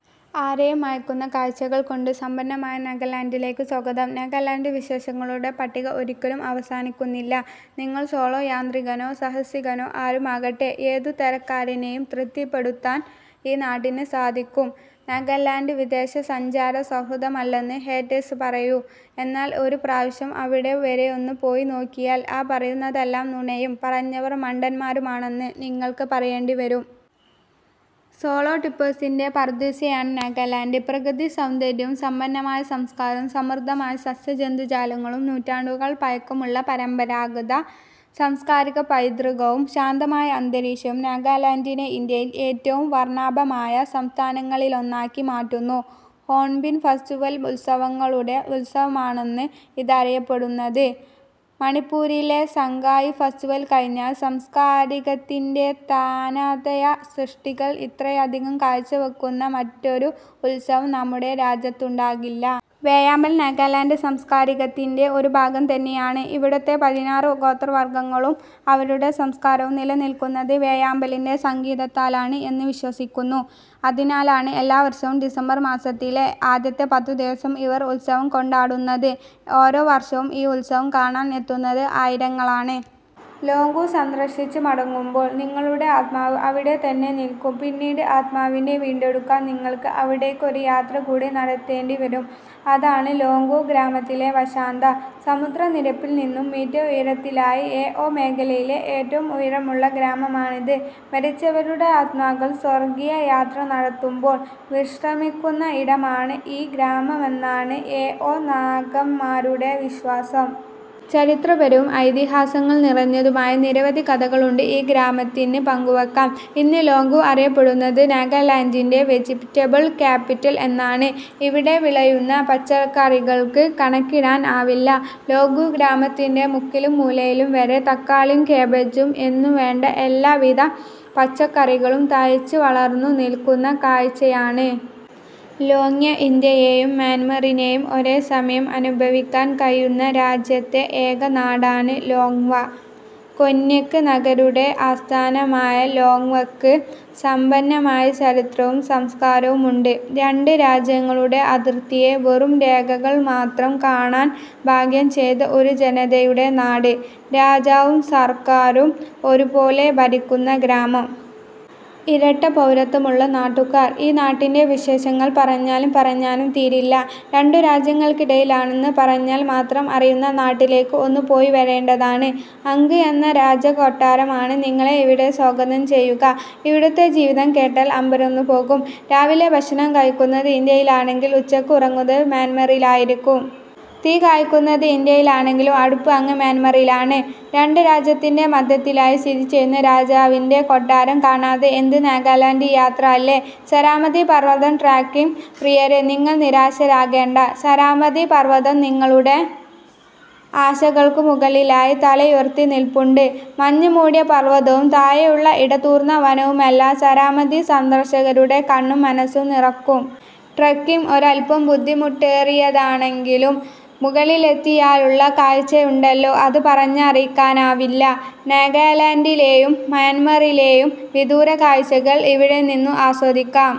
ആരേയും മയക്കുന്ന കാഴ്ച്ചകൾ കൊണ്ട് സമ്പന്നമായ നാഗാലാൻഡിലേക്ക് സ്വാഗതം. നാഗാലാന്റ് വിശേഷങ്ങളുടെ പട്ടിക ഒരിക്കലും അവസാനിക്കുന്നില്ല. നിങ്ങൾ സോളോ യാത്രികനോ സാഹസികനോ ആരുമാകട്ടെ ഏതുതരക്കാരേയും തൃപ്തിപ്പെടുത്താൻ ഈ നാടിന് സാധിക്കും. നാഗാലാന്റ് വിനോദസഞ്ചാര സൗഹൃദമല്ലെന്ന് ഹേറ്റേഴ്സ് പറയും. എന്നാൽ ഒരു പ്രാവശ്യം അവിടെ വരെയൊന്ന് പോയി നോക്കിയാൽ ആ പറയുന്നതെല്ലാം നുണയും പറഞ്ഞവർ മണ്ടന്മാരുമെന്ന് നിങ്ങൾക്ക് പറയേണ്ടിവരും. സോളോ ട്രിപ്പേഴ്സിന്റെ പറുദീസയാണ് നാഗാലാൻഡ്. പ്രകൃതി സൗന്ദര്യവും സമ്പന്നമായ സംസ്കാരവും സമൃദ്ധമായ സസ്യജന്തുജാലങ്ങളും നൂറ്റാണ്ടുകൾ പഴക്കമുള്ള പരമ്പരാഗത സാംസ്കാരിക പൈതൃകവും, ശാന്തമായ അന്തരീക്ഷവും നാഗാലാന്റിനെ ഇന്ത്യയിലെ ഏറ്റവും വർണ്ണാഭമായ സംസ്ഥാനങ്ങളിലൊന്നാക്കി മാറ്റുന്നു. ഹോൺബിൽ ഫെസ്റ്റിവൽ ഉത്സവങ്ങളുടെ ഉത്സവമെന്നാണ് ഇതറിയപ്പെടുന്നത്. മണിപ്പുരിലെ സാംഗായ് ഫെസ്റ്റിവൽ കഴിഞ്ഞാൽ സംസ്കാരത്തിന്റെ തനതായ സൃഷ്ടികൾ ഇത്രയധികം കാഴ്ചവയ്ക്കുന്ന മറ്റൊരു ഉത്സവം നമ്മുടെ രാജ്യത്തുണ്ടാകില്ല. വേഴാമ്പൽ നാഗാലാന്റ് സംസ്കാരത്തിന്റെ ഒരു ഭാഗം തന്നെയാണ്. ഇവിടുത്തെ പതിനാറ് ഗോത്രവർഗ്ഗങ്ങളും അവരുടെ സംസ്കാരവും നിലനിൽക്കുന്നത് വേഴാമ്പലിന്റെ സംഗീതത്താലാണ് എന്ന് വിശ്വസിക്കുന്നു. അതിനാലാണ് എല്ലാ വർഷവും ഡിസംബർ മാസത്തിലെ ആദ്യത്തെ പത്തുദിവസം ഇവർ ഉത്സവം കൊണ്ടാടുന്നത്. ഓരോ വർഷവും ഈ ഉത്സവം കാണാൻ എത്തുന്നത് ആയിരങ്ങളാണ്. ലോങ്ങ്ഖും സന്ദർശിച്ചു മടങ്ങുമ്പോൾ നിങ്ങളുടെ ആത്മാവ് അവിടെ തന്നെ നിൽക്കും. പിന്നീട് ആത്മാവിനെ വീണ്ടെടുക്കാൻ നിങ്ങൾക്ക് അവിടേയ്ക്ക് ഒരു യാത്രകൂടി നടത്തേണ്ടിവരും അതാണ് ലോങ്ങ്ഖും ഗ്രാമത്തിന്റെ വശ്യത. സമുദ്രനിരപ്പിൽ നിന്നും മീറ്റർ ഉയരത്തിലായി എഓ മേഖലയിലെ ഏറ്റവും ഉയരമുള്ള ഗ്രാമമാണിത്. മരിച്ചവരുടെ ആത്മാക്കൾ സ്വർഗീയ യാത്ര നടത്തുമ്പോൾ വിശ്രമിക്കുന്നയിടമാണ് ഈ ഗ്രാമമെന്നാണ് എഓ നാഗന്മാരുടെ വിശ്വാസം. ചരിത്രപരവും ഐതിഹ്യങ്ങൾ നിറഞ്ഞതുമായ നിരവധി കഥകളുണ്ട് ഈ ഗ്രാമത്തിന് പങ്കുവയ്ക്കാൻ. ഇന്ന് ലോങ്ങ്ഖും അറിയപ്പെടുന്നത് നാഗാലാന്റിന്റെ ' വെജിറ്റബിൾ ക്യാപിറ്റൽ ' എന്നാണ്. ഇവിടെ വിളയുന്ന പച്ചകറികൾക്ക് കണക്കിടാൻ ആവില്ല. ലോങ്ങ്ഖും ഗ്രാമത്തിന്റെ മുക്കിലും മൂലയിലും വരെ തക്കാളിയും കാബേജും എന്നുവേണ്ട എല്ലാവിധ പച്ചക്കറികളും തഴച്ചുവളർന്നു നിൽക്കുന്ന കാഴ്ചയാണ്. ലോങ്വ ഇന്ത്യയെയും മ്യാന്മറിനെയും ഒരേസമയം അനുഭവിക്കാൻ കഴിയുന്ന രാജ്യത്തെ ഏക നാടാണ് ലോങ്ങ് വാ. കൊന്യാക് നാഗരുടെ ആസ്ഥാനമായ ലോങ്ങ് വായ്ക്ക് സമ്പന്നമായ ചരിത്രവും സംസ്കാരവുമുണ്ട്. രണ്ട് രാജ്യങ്ങളുടെ അതിർത്തിയെ വെറും രേഖകൾ മാത്രമായി കാണാൻ ഭാഗ്യം ചെയ്ത ഒരു ജനതയുടെ നാട്. രാജാവും സർക്കാരും ഒരുപോലെ ഭരിക്കുന്ന ഗ്രാമം. ഇരട്ടപൗരത്വമുള്ള നാട്ടുകാർ. ഈ നാടിന്റെ വിശേഷങ്ങൾ പറഞ്ഞാലും പറഞ്ഞാലും തീരില്ല. രണ്ട് രാജ്യങ്ങൾക്കിടയിലാണെന്ന് പറഞ്ഞാൽ മാത്രം അറിയുന്ന നാട്ടിലേക്ക് ഒന്ന് പോയിവരണ്ടേതാണ്. അങ്ഖ് എന്ന രാജാകൊട്ടാരമാണ് നിങ്ങളെ ഇവിടെ സ്വാഗതം ചെയ്യുക. ഇവിടുത്തെ ജീവിതം കേട്ടാൽ അമ്പരന്നുപോകും. രാവിലെ ഭക്ഷണം കഴിക്കുന്നത് ഇന്ത്യയിലാണെങ്കിൽ ഉച്ചയ്ക്ക് ഉറങ്ങുന്നത് മ്യാന്മാറിലായിരിക്കും. തീ കായുന്നത് ഇന്ത്യയിലാണെങ്കിലും അടുപ്പ് അങ്ങ് മ്യാന്മാറിലാണ്. രണ്ട് രാജ്യത്തിന്റെ മധ്യത്തിലായി സ്ഥിതിചെയ്യുന്ന രാജാവിന്റെ കൊട്ടാരം കാണാതെ എന്ത് നാഗാലാന്റ് യാത്ര അല്ലേ. സരാമതി പർവ്വതം ട്രക്കിംഗ് പ്രിയരെ നിങ്ങൾ നിരാശരാകേണ്ട. സരാമതി പർവ്വതം നിങ്ങളുടെ ആശകൾക്കും മുകളിലായി താലയുയർത്തി നിൽപ്പുണ്ട്. മഞ്ഞുമൂടിയ പർവ്വതവും താഴെയുള്ള ഇടതൂർന്ന വനവുമെല്ലാം സാരമതിസന്ദർഷകരുടെ കണ്ണും മനസ്സും നിറയ്ക്കും. ട്രക്കിംഗ് ഒരൽപ്പം ബുദ്ധിമുട്ടേറിയതാണെങ്കിലും മുകളിലെത്തിയാലുള്ള കാഴ്ചയുണ്ടല്ലോ അത് പറഞ്ഞറിയിക്കാനാവില്ല. നാഗാലാന്റിലേയും മ്യാന്മാറിലേയും വിദൂരകാഴ്ച്ചകൾ ഇവിടെനിന്നും ആസ്വദിക്കാം.